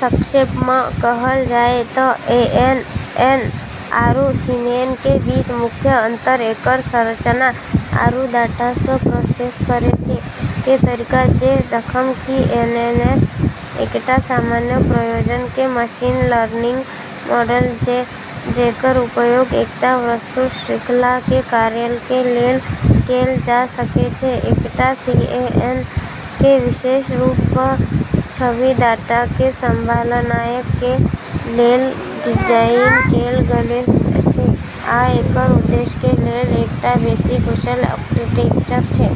संक्षेप म॑ कहलऽ जाय त॑ एएनएन आरू सीएनएन के बीच मुख्य अंतर एकरऽ संरचना आरू डाटा क॑ प्रोसेस करै के तरीका छै। जखन कि एएनएन एकटा सामान्य प्रयोजन कें मशीन लर्निंग मॉडल छै जेकर उपयोग एकटा विस्तृत श्रृंखला कें कार्यक कें लेल कैल जा सकय छै, एकटा सीएनएन कें विशेष रूप सं छवि डाटा कें संभालनाय कें लेल डिजाइन कैल गेल छै आ एकर उद्देश्य कें लेल एकटा बेसि कुशल आर्किटेक्चर छै.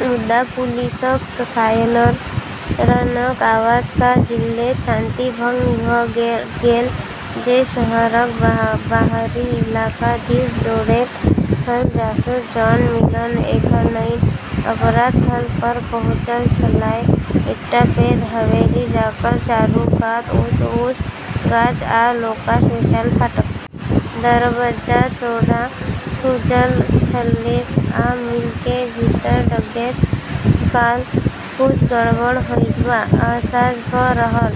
मुदा पुलिसक सायरनक आवाज सं जल्दिये शांति भंग भ गेल, जे शहरक बाहरी इलाका दिस दौड़ैत छल. जासूस जॉन मिलर एखनहि अपराध स्थल पर पहुँचल छलाह; एकटा पैघ हवेली, जकर चारू कात ऊँच-ऊँच गाछ आ लोहाक विशाल फाटक। दरबज्जा चौड़ा खुजल छलैक, आ मिलर केँ भीतर डेगैत काल किछु गड़बड़ होयबाक अहसास भ' रहल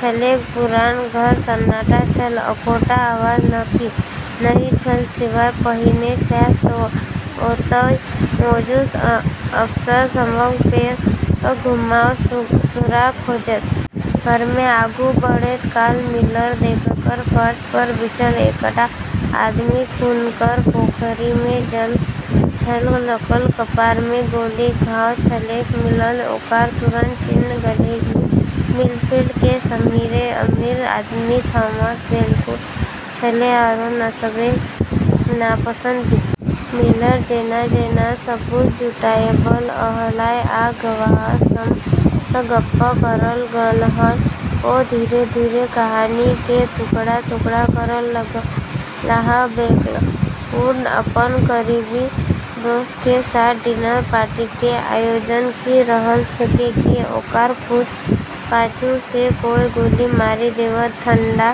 छलैक। पुरान घर सन्नाटा छल, एकोटा आवाज नहि छल, सिवाय पहिने सँ ओतय मौजूद अफसर सभक पैरक घुमाव, सुराग खोजैत। घर मे आगू बढ़ैत काल मिलर देखलक। फर्श पर बिछल एकटा आदमी खूनक पोखरि मे छल, जकर कपार मे गोलीक घाव छलैक। मिलर ओकरा तुरंत चिन्ह गेलै, ई मिलफील्ड के सबसें अमीर आदमी थॉमस ब्लैकवुड छेलै, आरो सबसें नापसंद भी। मिलर जेना-जेना सबूत जुटाबय लगलाह आ गवाह सभ सं गप्प करय लगलाह, ओ धीरे-धीरे कहानी के टुकड़ा-टुकड़ा करय लगलाह. ब्लैकवुड अपनऽ करीबी दोस्तऽ के साथ डिनर पार्टी के आयोजन करी रहलऽ छेलै कि ओकरा पाछू सें कोय गोली मारी देलकै, ठंढा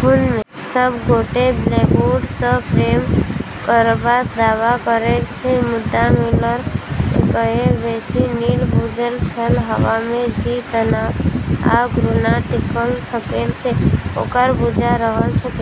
खून में। सब गोटे ब्लैकवुड स प्रेम करबाक दावा करैत छल, मुदा मिलर कए बेसी नीक बुझल छल। हवा मे जे तनाव आ घृणा टिकल छलैक से ओकरा बुझा रहल छलैक।